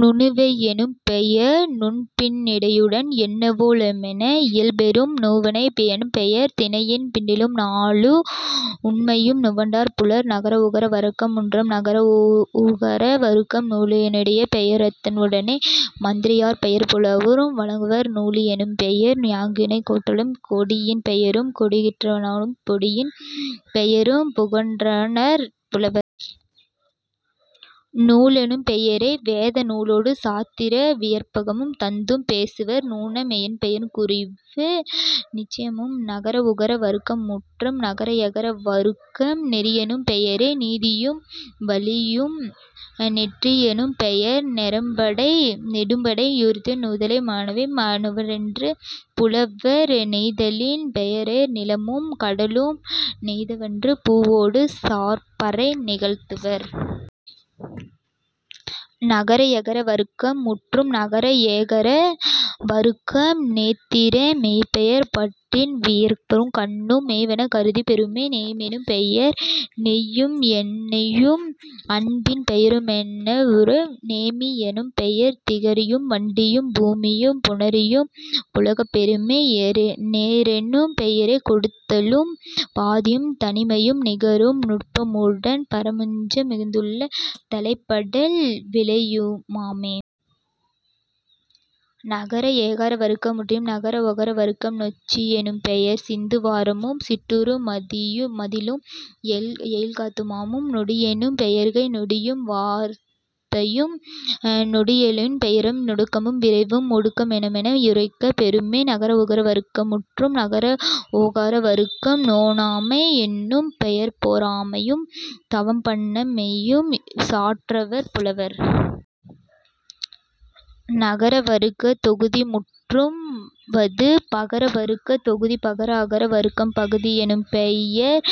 நுணவை யெனும்பெயர் நுண்பிண் டியினுடன் எண்ணோ லையுமென இயம்பப் பெறுமே..... நுவணை யெனும் பெயர் தினையின் பிண்டியும் நூலு நுண்மையு நுவன்றனர் புலவர்..... நகர உகர வருக்கம் முற்றும். நகர உகர வருக்கம் நூலோ ரெனும்பெய ரந்தண ருடனே மந்திரி யர்பெயர் புலவோரும் வழங்குவர்..... நூழி லெனும்பெயர் யானையுங் கோறலும் கொடியின் பெயரும் கொடிக்கொற் றானும் பொடியின் பெயரும் புகன்றனர் புலவர்..... நூலெனும் பெயரே வேத நூலொடு சாத்திர விகற்பமும் தந்தும் பேசுவர்..... நூண மெனும்பெயர் குறைவு நிச்சயமுமாம்..... நகர ஊகார வருக்கம் முற்றும். நகர எகர வருக்கம் நெறியெனும் பெயரே நீதியும் வழியுமாம்..... நெற்றி யெனும்பெயர் நெடும்படை யுறுப்பும் நுதலு மெனவே நுவன்றனர் புலவர்..... நெய்தலின் பெயரோர் நிலமும் கடலும் நெய்தற் பூவொடு சாப்பறை நிகழ்த்துவர்..... நகர எகர வருக்கம் முற்றும். நகர ஏகார வருக்கம் நேத்திர மெனப்பெயர் பட்டின் விகற்பமும் கண்ணு மெனவே கருதப் பெறுமே..... நேய மெனும்பெயர் நெய்யும் எண்ணெயும் அன்பின் பெயரு மாமென வுரைப்பர்..... நேமி யெனும்பெயர் திகிரியும் வண்டிலும் பூமியும் புணரியும் புகலப் பெறுமே..... நேரெனும் பெயரே கொடுத்தலும் பாதியும் தனிமையும் நிகரும் நுட்பமுடன் பரஞ்சமமு மிகுதியுந் தலைப்படல் விலையு மாமே..... நகர ஏகார வருக்கம் முற்றும். நகர ஒகர வருக்கம் நொச்சி யெனும்பெயர் சிந்து வாரமும் சிற்றூரு மதிலும் எயில் காத்தலுமாம்..... நொடியெனும் பெயர்கை நொடியும் வார்த்தையும்..... நொறிலெனும் பெயரே நுடக்கமும் விரைவும் ஒடுக்கமு மெனவே யுரைக்கப் பெறுமே..... நகர ஒகர வருக்கம் முற்றும். நகர ஓகார வருக்கம் நோனாமை யென்னும் பெயர்பொ றாமையும் தவம்பண்ணா மையுஞ் சாற்றவர் புலவர்..... நகர வருக்கத் தொகுதி முற்றும். வது பகர வருக்கத் தொகுதி பகர அகர வருக்கம் பகுதி யெனும்பெயர்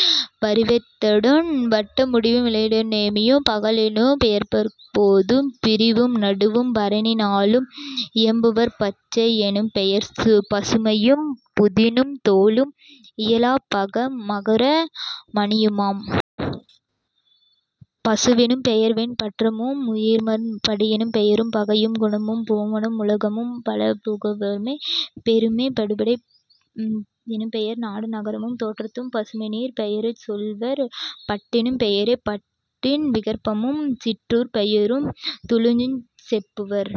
பரிவே டத்துடன் வட்ட வடிவு மிரவியு நேமியும்..... பகலெனும் பெயர்பகற் போதும் பிரிவும் நடுவும் பரணி நாளும் இயம்புவர்..... பச்சை யெனும்பெயர் பசுமையும் புதியனும் தோலும் இலாபம மரகத மணியுமாம்..... பசுவெனும் பெயர்வெண் பெற்றமு முயிருமாம்..... படியெனும் பெயரே பகையும் குணமும் புவனமு முலகமும் புகலப் பெறுமே..... படப்பை யெனும்பெயர் நாடு நகரமும் தோட்டமும் பசுநிரைப் பெயருஞ் சொல்லுவர்..... பட்டெனும் பெயரே பட்டின் விகற்பமும் சிற்றூர்ப் பெயரும் துலுஞ் செப்புவர்...